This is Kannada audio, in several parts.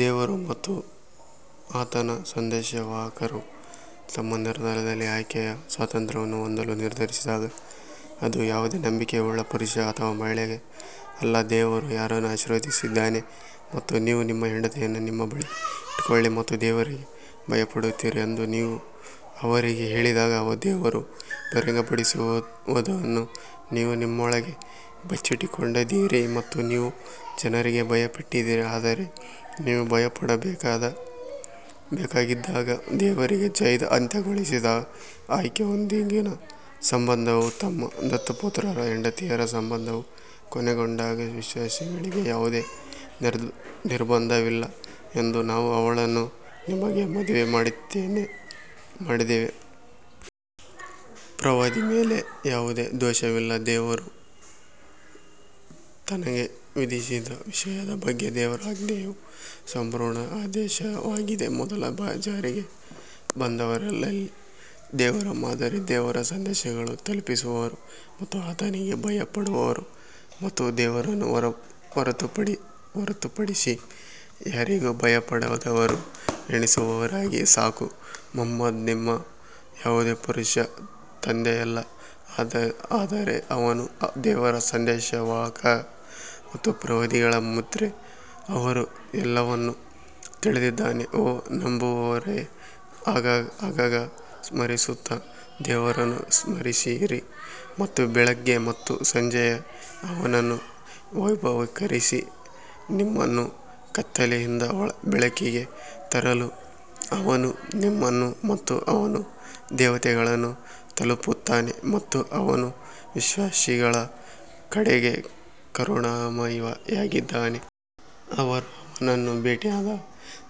ದೇವರು ಮತ್ತು ಆತನ ಸಂದೇಶವಾಹಕರು ತಮ್ಮ ನಿರ್ಧಾರದಲ್ಲಿ ಆಯ್ಕೆಯ ಸ್ವಾತಂತ್ರ್ಯವನ್ನು ಹೊಂದಲು ನಿರ್ಧರಿಸಿದಾಗ ಅದು ಯಾವುದೇ ನಂಬಿಕೆಯುಳ್ಳ ಪುರುಷ ಅಥವಾ ಮಹಿಳೆಗೆ ಅಲ್ಲ ದೇವರು ಯಾರನ್ನು ಆಶೀರ್ವದಿಸಿದ್ದಾನೆ ಮತ್ತು ನೀವು ನಿಮ್ಮ ಹೆಂಡತಿಯನ್ನು ನಿಮ್ಮ ಬಳಿ ಇಟ್ಟುಕೊಳ್ಳಿ ಮತ್ತು ದೇವರಿಗೆ ಭಯಪಡುತ್ತೀರಿ ಎಂದು ನೀವು ಅವರಿಗೆ ಹೇಳಿದಾಗ ದೇವರು ಬಹಿರಂಗಪಡಿಸುವದನ್ನು ನೀವು ನಿಮ್ಮೊಳಗೆ ಬಚ್ಚಿಟ್ಟುಕೊಂಡಿದ್ದೀರಿ ಮತ್ತು ನೀವು ಜನರಿಗೆ ಭಯಪಟ್ಟಿದ್ದೀರಿ ಆದರೆ ನೀವು ಭಯಪಡಬೇಕಾಗಿದ್ದ ದೇವರಿಗೆ ಜೈದ್ ಅಂತ್ಯಗೊಳಿಸಿದಾಗ ಆಕೆಯೊಂದಿಗಿನ ಸಂಬಂಧವು ತಮ್ಮ ದತ್ತುಪುತ್ರರ ಹೆಂಡತಿಯರ ಸಂಬಂಧವು ಕೊನೆಗೊಂಡಾಗ ವಿಶ್ವಾಸಿಗಳಿಗೆ ಯಾವುದೇ ನಿರ್ಬಂಧವಿಲ್ಲ ಎಂದು ನಾವು ಅವಳನ್ನು ನಿಮಗೆ ಮದುವೆ ಮಾಡಿದ್ದೇವೆ. ಪ್ರವಾದಿಯ ಮೇಲೆ ಯಾವುದೇ ದೋಷವಿಲ್ಲ, ದೇವರು ತನಗೆ ವಿಧಿಸಿದ ವಿಷಯದ ಬಗ್ಗೆ ದೇವರ ಆಜ್ಞೆಯು ಸಂಪೂರ್ಣ ಆದೇಶವಾಗಿದೆ ಮೊದಲು ಜಾರಿಗೆ ಬಂದವರಲ್ಲಿ ದೇವರ ಮಾದರಿ ದೇವರ ಸಂದೇಶಗಳನ್ನು ತಲುಪಿಸುವವರು ಮತ್ತು ಆತನಿಗೆ ಭಯಪಡುವವರು ಮತ್ತು ದೇವರನ್ನು ಹೊರತುಪಡಿಸಿ ಯಾರಿಗೂ ಭಯಪಡದವರು ಎಣಿಸುವವರಾಗಿ ಸಾಕು. ಮುಹಮ್ಮದ್ ನಿಮ್ಮ ಯಾವುದೇ ಪುರುಷರ ತಂದೆಯಲ್ಲ ಆದರೆ ಅವನು ದೇವರ ಸಂದೇಶವಾಹಕ ಮತ್ತು ಪ್ರವಾದಿಗಳ ಮುದ್ರೆ ದೇವರು ಎಲ್ಲವನ್ನೂ ತಿಳಿದಿದ್ದಾನೆ ಓ ನಂಬುವವರೇ ಆಗಾಗ ಸ್ಮರಿಸುತ್ತಾ ದೇವರನ್ನು ಸ್ಮರಿಸಿರಿ ಮತ್ತು ಬೆಳಿಗ್ಗೆ ಮತ್ತು ಸಂಜೆ ಅವನನ್ನು ವೈಭವೀಕರಿಸಿ ನಿಮ್ಮನ್ನು ಕತ್ತಲೆಯಿಂದ ಬೆಳಕಿಗೆ ತರಲು ಅವನು ನಿಮ್ಮನ್ನು ಮತ್ತು ಅವನ ದೇವತೆಗಳನ್ನು ತಲುಪುತ್ತಾನೆ ಮತ್ತು ಅವನು ವಿಶ್ವಾಸಿಗಳ ಕಡೆಗೆ ಕರುಣಾಮಯಿಯಾಗಿದ್ದಾನೆ. ಅವರು ಅವನನ್ನು ಭೇಟಿಯಾದ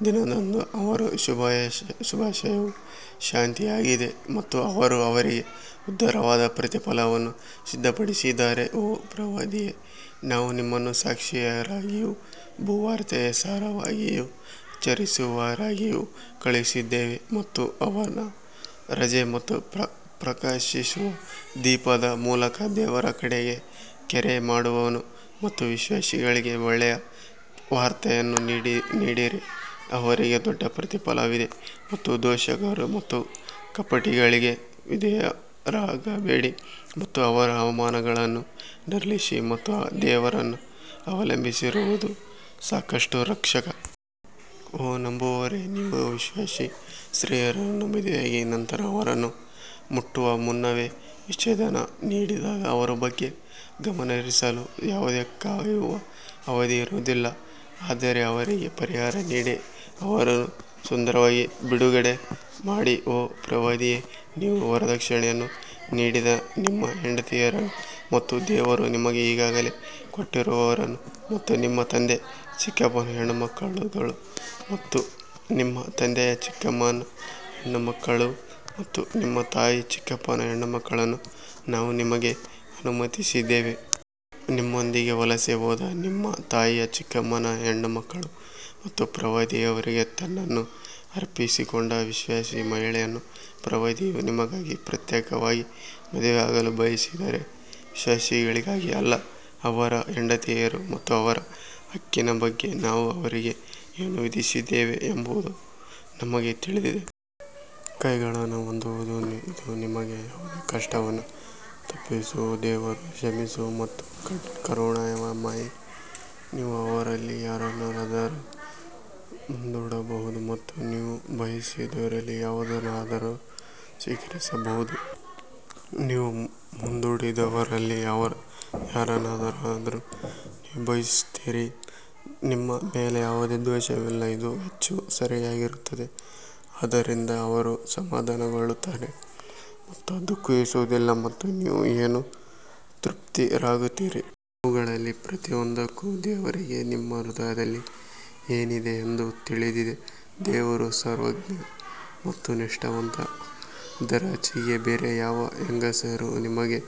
ದಿನದಂದು ಅವರ ಶುಭಾಶಯವು ಶಾಂತಿಯಾಗಿದೆ ಮತ್ತು ಅವರು ಅವರಿಗೆ ಉದಾರವಾದ ಪ್ರತಿಫಲವನ್ನು ಸಿದ್ಧಪಡಿಸಿದ್ದಾರೆ ಓ ಪ್ರವಾದಿಯೇ ನಾವು ನಿಮ್ಮನ್ನು ಸಾಕ್ಷಿಯಾಗಿಯೂ ಶುಭವಾರ್ತೆ ಸಾರುವವರಾಗಿಯೂ ಎಚ್ಚರಿಸುವವರಾಗಿಯೂ ಕಳುಹಿಸಿದ್ದೇವೆ ಮತ್ತು ಅವನ ರಜೆ ಮತ್ತು ಪ್ರಕಾಶಿಸುವ ದೀಪದ ಮೂಲಕ ದೇವರ ಕಡೆಗೆ ಕರೆ ಮಾಡುವವನು ಮತ್ತು ವಿಶ್ವಾಸಿಗಳಿಗೆ ಒಳ್ಳೆಯ ವಾರ್ತೆಯನ್ನು ನೀಡಿರಿ, ಅವರಿಗೆ ದೊಡ್ಡ ಪ್ರತಿಫಲವಿದೆ ಮತ್ತು ದೂಷಕರು ಮತ್ತು ಕಪಟಿಗಳಿಗೆ ವಿಧೇಯರಾಗಬೇಡಿ ಮತ್ತು ಅವರ ಅವಮಾನಗಳನ್ನು ನಿರ್ಲಕ್ಷಿಸಿ ಮತ್ತು ದೇವರನ್ನು ಅವಲಂಬಿಸಿರುವುದು ಸಾಕಷ್ಟು ರಕ್ಷಕ. ಓ ನಂಬುವವರೇ, ನೀವು ವಿಶ್ವಾಸಿ ಸ್ತ್ರೀಯರನ್ನು ಮದುವೆಯಾಗಿ ನಂತರ ಅವರನ್ನು ಮುಟ್ಟುವ ಮುನ್ನವೇ ವಿಚ್ಛೇದನ ನೀಡಿದಾಗ ಅವರ ಬಗ್ಗೆ ಗಮನಹರಿಸಲು ಯಾವುದೇ ಕಾಯುವ ಅವಧಿ ಇರುವುದಿಲ್ಲ ಆದರೆ ಅವರಿಗೆ ಪರಿಹಾರ ನೀಡಿ ಅವರನ್ನು ಸುಂದರವಾಗಿ ಬಿಡುಗಡೆ ಮಾಡಿ. ಓ ಪ್ರವಾದಿಯೇ, ನೀವು ವರದಕ್ಷಿಣೆಯನ್ನು ನೀಡಿದ ನಿಮ್ಮ ಹೆಂಡತಿಯರನ್ನು ಮತ್ತು ದೇವರು ನಿಮಗೆ ಈಗಾಗಲೇ ಕೊಟ್ಟಿರುವವರನ್ನು ಮತ್ತು ನಿಮ್ಮ ತಂದೆಯ ಚಿಕ್ಕಪ್ಪನ ಹೆಣ್ಣುಮಕ್ಕಳು ಮತ್ತು ನಿಮ್ಮ ತಂದೆಯ ಚಿಕ್ಕಮ್ಮನ ಹೆಣ್ಣುಮಕ್ಕಳು ಮತ್ತು ನಿಮ್ಮ ತಾಯಿಯ ಚಿಕ್ಕಪ್ಪನ ಹೆಣ್ಣುಮಕ್ಕಳನ್ನು ನಾವು ನಿಮಗೆ ಅನುಮತಿಸಿದ್ದೇವೆ. ನಿಮ್ಮೊಂದಿಗೆ ವಲಸೆ ಹೋದ ನಿಮ್ಮ ತಾಯಿಯ ಚಿಕ್ಕಮ್ಮನ ಹೆಣ್ಣುಮಕ್ಕಳು ಮತ್ತು ಪ್ರವಾದಿಯವರಿಗೆ ತನ್ನನ್ನು ಅರ್ಪಿಸಿಕೊಂಡ ವಿಶ್ವಾಸಿ ಮಹಿಳೆಯನ್ನು ಪ್ರವಾದಿಯು ನಿಮಗಾಗಿ ಪ್ರತ್ಯೇಕವಾಗಿ ಮದುವೆಯಾಗಲು ಬಯಸಿದರೆ, ವಿಶ್ವಾಸಿಗಳಿಗಾಗಿ ಅಲ್ಲ, ಅವರ ಹೆಂಡತಿಯರು ಮತ್ತು ಅವರ ಹಕ್ಕಿನ ಬಗ್ಗೆ ನಾವು ಅವರಿಗೆ ಏನು ವಿಧಿಸಿದ್ದೇವೆ ಎಂಬುದು ನಮಗೆ ತಿಳಿದಿದೆ. ಕೈಗಳನ್ನು ಹೊಂದುವುದು ಇದು ನಿಮಗೆ ಯಾವುದೇ ಕಷ್ಟವನ್ನು ತಪ್ಪಿಸುವುದು ದೇವರು ಕ್ಷಮಿಸುವ ಮತ್ತು ಕರುಣಾಮಯಿ ನೀವು ಅವರಲ್ಲಿ ಯಾರನ್ನಾದರೂ ಮುಂದೂಡಬಹುದು ಮತ್ತು ನೀವು ಬಯಸಿದವರಲ್ಲಿ ಯಾವುದನ್ನಾದರೂ ಸ್ವೀಕರಿಸಬಹುದು, ನೀವು ಮುಂದೂಡಿದವರಲ್ಲಿ ಯಾರನ್ನಾದರೂ ನೀವು ಬಯಸುತ್ತೀರಾ, ನಿಮ್ಮ ಮೇಲೆ ಯಾವುದೇ ದೋಷವಿಲ್ಲ, ಇದು ಹೆಚ್ಚು ಸರಿಯಾಗಿರುತ್ತದೆ ಆದ್ದರಿಂದ ಅವರು ಸಮಾಧಾನಗೊಳ್ಳುತ್ತಾರೆ ಮತ್ತು ದುಃಖಿಸುವುದಿಲ್ಲ ಮತ್ತು ನೀವು ಏನು ತೃಪ್ತರಾಗುತ್ತೀರಿ. ಅವುಗಳಲ್ಲಿ ಪ್ರತಿಯೊಂದಕ್ಕೂ ದೇವರಿಗೆ ನಿಮ್ಮ ಹೃದಯದಲ್ಲಿ ಏನಿದೆ ಎಂದು ತಿಳಿದಿದೆ, ದೇವರು ಸರ್ವಜ್ಞ ಮತ್ತು ನಿಷ್ಠಾವಂತ ಅದರಾಚೆಗೆ ಬೇರೆ ಯಾವ ಹೆಂಗಸರೂ ನಿಮಗೆ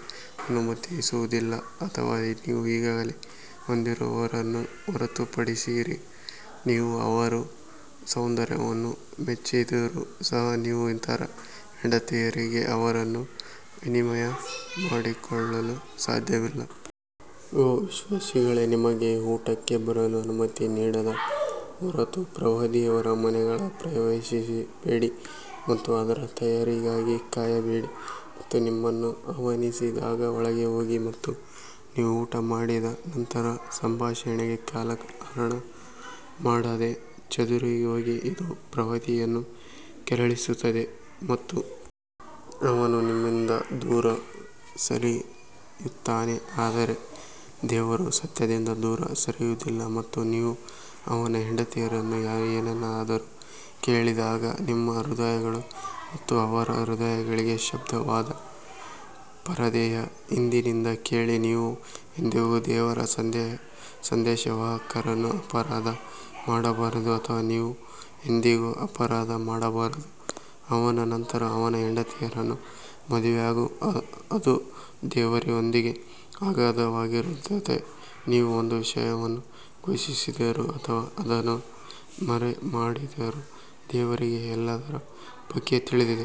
ಅನುಮತಿಸುವುದಿಲ್ಲ ಅಥವಾ ನೀವು ಈಗಾಗಲೇ ಹೊಂದಿರುವವರನ್ನು ಹೊರತುಪಡಿಸಿ ನೀವು ಅವರ ಸೌಂದರ್ಯವನ್ನು ಮೆಚ್ಚಿದರೂ ಸಹ ನೀವು ಇತರ ಹೆಂಡತಿಯರಿಗೆ ಅವರನ್ನು ವಿನಿಮಯ ಮಾಡಿಕೊಳ್ಳಲು ಸಾಧ್ಯವಿಲ್ಲ. ಓ ವಿಶ್ವಾಸಿಗಳೇ ನಿಮಗೆ ಊಟಕ್ಕೆ ಬರಲು ಅನುಮತಿ ನೀಡದ ಹೊರತು ಪ್ರವಾದಿಯವರ ಮನೆಗಳನ್ನು ಪ್ರವೇಶಿಸಬೇಡಿ ಮತ್ತು ಅದರ ತಯಾರಿಗಾಗಿ ಕಾಯಬೇಡಿ ಮತ್ತು ನಿಮ್ಮನ್ನು ಆಹ್ವಾನಿಸಿದಾಗ ಒಳಗೆ ಹೋಗಿ ಮತ್ತು ನೀವು ಊಟ ಮಾಡಿದ ನಂತರ ಸಂಭಾಷಣೆಗೆ ಕಾಲಹರಣ ಮಾಡದೆ ಚದುರಿಹೋಗಿ ಇದು ಪ್ರವಾದಿಯನ್ನು ಕೆರಳಿಸುತ್ತದೆ. ಮತ್ತು ಅವನು ನಿಮ್ಮಿಂದ ದೂರ ಸರಿಯುತ್ತಾನೆ ಆದರೆ ದೇವರು ಸತ್ಯದಿಂದ ದೂರ ಸರಿಯುವುದಿಲ್ಲ ಮತ್ತು ನೀವು ಅವನ ಹೆಂಡತಿಯರನ್ನು ಏನನ್ನಾದರೂ ಕೇಳಿದಾಗ ನಿಮ್ಮ ಹೃದಯಗಳು ಮತ್ತು ಅವರ ಹೃದಯಗಳಿಗೆ ಶುದ್ಧವಾದ ಪರದೆಯ ಹಿಂದಿನಿಂದ ಕೇಳಿ, ನೀವು ಎಂದಿಗೂ ದೇವರ ಸಂದೇಶವಾಹಕರನ್ನು ಅಪರಾಧ ಮಾಡಬಾರದು ಅಥವಾ ನೀವು ಎಂದಿಗೂ ಅಪರಾಧ ಮಾಡಬಾರದು ಅವನ ನಂತರ ಅವನ ಹೆಂಡತಿಯರನ್ನು ಮದುವೆಯಾಗು ಅದು ದೇವರೊಂದಿಗೆ ಅಗಾಧವಾಗಿರುತ್ತದೆ ನೀವು ಒಂದು ವಿಷಯವನ್ನು ಘೋಷಿಸಿದರೂ ಅಥವಾ ಅದನ್ನು ಮರೆಮಾಡಿದರೂ ದೇವರಿಗೆ ಎಲ್ಲದರ ಬಗ್ಗೆ ತಿಳಿದಿದೆ.